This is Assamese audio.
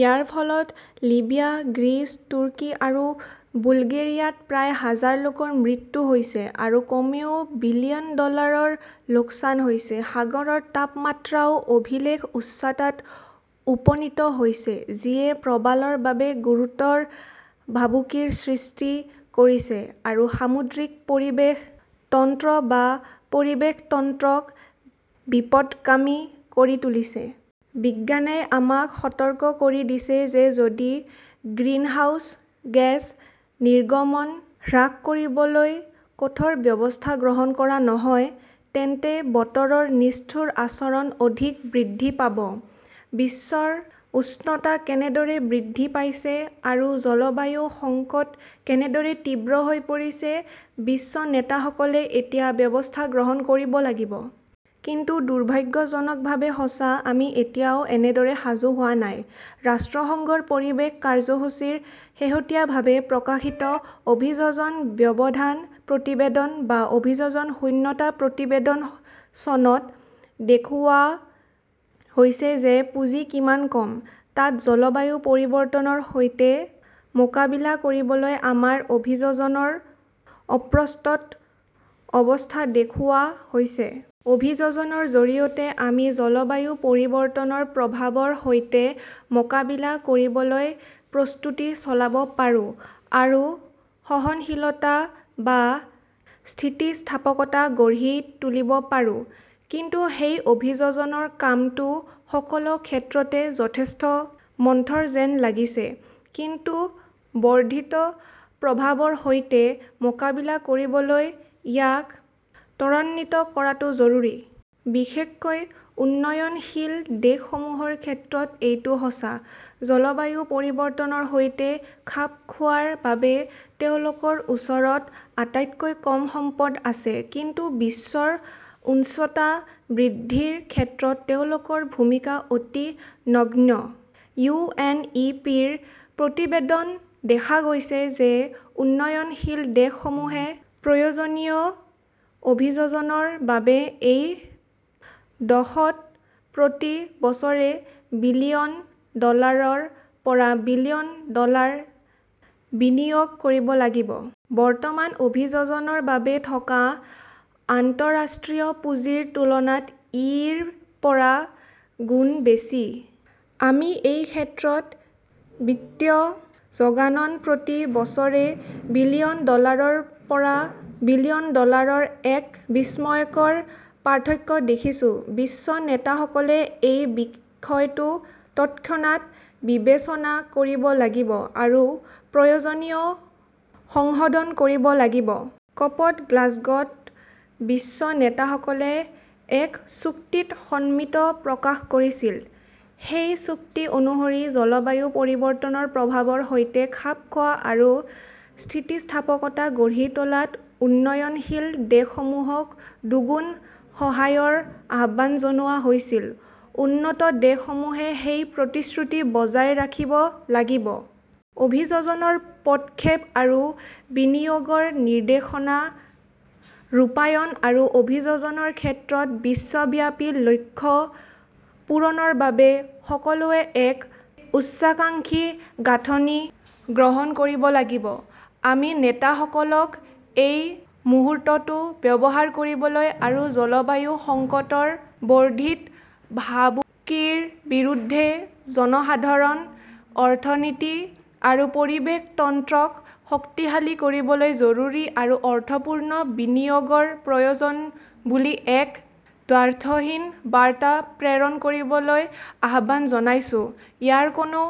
ইয়াৰ ফলত লিবিয়া, গ্ৰীচ, তুৰ্কী আৰু বুলগেৰিয়াত প্ৰায় হাজাৰ লোকৰ মৃত্যু হৈছে আৰু কমেও বিলিয়ন ডলাৰৰ লোকচান হৈছে। সাগৰৰ তাপমাত্ৰাও অভিলেখ উচ্চতাত উপনীত হৈছে, যিয়ে প্ৰবালৰ বাবে গুৰুতৰ ভাবুকিৰ সৃষ্টি কৰিছে আৰু সামুদ্ৰিক পৰিৱেশ তন্ত্ৰ বা পৰিৱেশ তন্ত্ৰক বিপথগামী কৰি তুলিছে। বিজ্ঞানই আমাক সতৰ্ক কৰি দিছে যে যদি গ্ৰীণহাউছ গেছ নিৰ্গমন হ্ৰাস কৰিবলৈ কঠোৰ ব্যৱস্থা গ্ৰহণ কৰা নহয় তেন্তে বতৰৰ নিষ্ঠুৰ আচৰণ অধিক বৃদ্ধি পাব। বিশ্বৰ উষ্ণতা কেনেদৰে বৃদ্ধি পাইছে আৰু জলবায়ু সংকট কেনেদৰে তীব্ৰ হৈ পৰিছে; বিশ্ব নেতাসকলে এতিয়া ব্যৱস্থা গ্ৰহণ কৰিব লাগিব। কিন্তু দুৰ্ভাগ্যজনকভাৱে সঁচা, আমি এতিয়াও এনেদৰে সাজু হোৱা নাই। ৰাষ্ট্ৰসংঘৰ পৰিৱেশ কাৰ্যসূচী ৰ শেহতীয়াভাৱে প্ৰকাশিত অভিযোজন ব্যৱধান প্ৰতিবেদন বা অভিযোজন শূন্যতা প্ৰতিবেদনত চনত দেখুওৱা হৈছে যে পুঁজি কিমান কম। তাত জলবায়ু পৰিৱৰ্তনৰ সৈতে মোকাবিলা কৰিবলৈ আমাৰ অভিযোজনৰ অপ্ৰস্তুত অৱস্থা দেখুওৱা হৈছে। অভিযোজনৰ জৰিয়তে আমি জলবায়ু পৰিৱৰ্তনৰ প্ৰভাৱৰ সৈতে মোকাবিলা কৰিবলৈ প্ৰস্তুতি চলাব পাৰোঁ আৰু সহনশীলতা বা স্থিতিস্থাপকতা গঢ়ি তুলিব পাৰোঁ। কিন্তু সেই অভিযোজনৰ কামটো সকলো ক্ষেত্ৰতে যথেষ্ট মন্থৰ যেন লাগিছে। কিন্তু বৰ্ধিত প্ৰভাৱৰ সৈতে মোকাবিলা কৰিবলৈ ইয়াক ত্বৰান্বিত কৰাটো জৰুৰী। বিশেষকৈ উন্নয়নশীল দেশসমূহৰ ক্ষেত্ৰত এইটো সঁচা। জলবায়ু পৰিৱৰ্তনৰ সৈতে খাপ খোৱাৰ বাবে তেওঁলোকৰ ওচৰত আটাইতকৈ কম সম্পদ আছে; কিন্তু বিশ্বৰ উষ্ণতা বৃদ্ধিৰ ক্ষেত্ৰত তেওঁলোকৰ ভূমিকা অতি নগণ্য। ইউ. এন. ই. পি. -ৰ প্ৰতিবেদনত দেখা গৈছে যে উন্নয়নশীল দেশসমূহে প্ৰয়োজনীয় অভিযোজনৰ বাবে এই দশকত প্ৰতি বছৰে বিলিয়ন ডলাৰৰ পৰা বিলিয়ন ডলাৰ বিনিয়োগ কৰিব লাগিব। বৰ্তমান অভিযোজনৰ বাবে থকা আন্তঃৰাষ্ট্ৰীয় পুঁজিৰ তুলনাত ই ৰ পৰা গুণ বেছি। আমি এই ক্ষেত্ৰত বিত্তীয় যোগানত প্ৰতি বছৰে বিলিয়ন ডলাৰৰ পৰা বিলিয়ন ডলাৰৰ এক বিস্ময়কৰ পাৰ্থক্য দেখিছোঁ। বিশ্ব নেতাসকলে এই বিষয়টো তৎক্ষণাত বিবেচনা কৰিব লাগিব আৰু প্ৰয়োজনীয় সংশোধন কৰিব লাগিব। ক "প -ত গ্লাছগোত বিশ্ব নেতাসকলে এক চুক্তিত সন্মতি প্ৰকাশ কৰিছিল। সেই চুক্তি অনুসৰি জলবায়ু পৰিৱৰ্তনৰ প্ৰভাৱৰ সৈতে খাপ খোৱা আৰু স্থিতিস্থাপকতা গঢ়ি তোলাত উন্নয়নশীল দেশসমূহক দুগুণ সহায়ৰ আহ্বান জনোৱা হৈছিল। উন্নত দেশসমূহে সেই প্ৰতিশ্ৰুতি বজাই ৰাখিব লাগিব। অভিযোজনৰ পদক্ষেপ আৰু বিনিয়োগৰ নিৰ্দেশনা ৰূপায়ণ আৰু অভিযোজনৰ ক্ষেত্ৰত বিশ্বব্যাপী লক্ষ্য পূৰণৰ বাবে সকলোৱে এক উচ্চাকাংক্ষী গাঁথনি গ্ৰহণ কৰিব লাগিব। আমি নেতাসকলক এই মুহূৰ্তটো ব্যৱহাৰ কৰিবলৈ আৰু জলবায়ু সংকটৰ বৰ্ধিত ভাবুকিৰ বিৰুদ্ধে জনসাধাৰণ, অৰ্থনীতি আৰু পৰিৱেশ তন্ত্ৰক শক্তিশালী কৰিবলৈ জৰুৰী আৰু অৰ্থপূৰ্ণ বিনিয়োগৰ প্ৰয়োজন বুলি এক দ্ব্যৰ্থহীন বাৰ্তা প্ৰেৰণ কৰিবলৈ আহ্বান জনাইছো। ইয়াৰ কোনো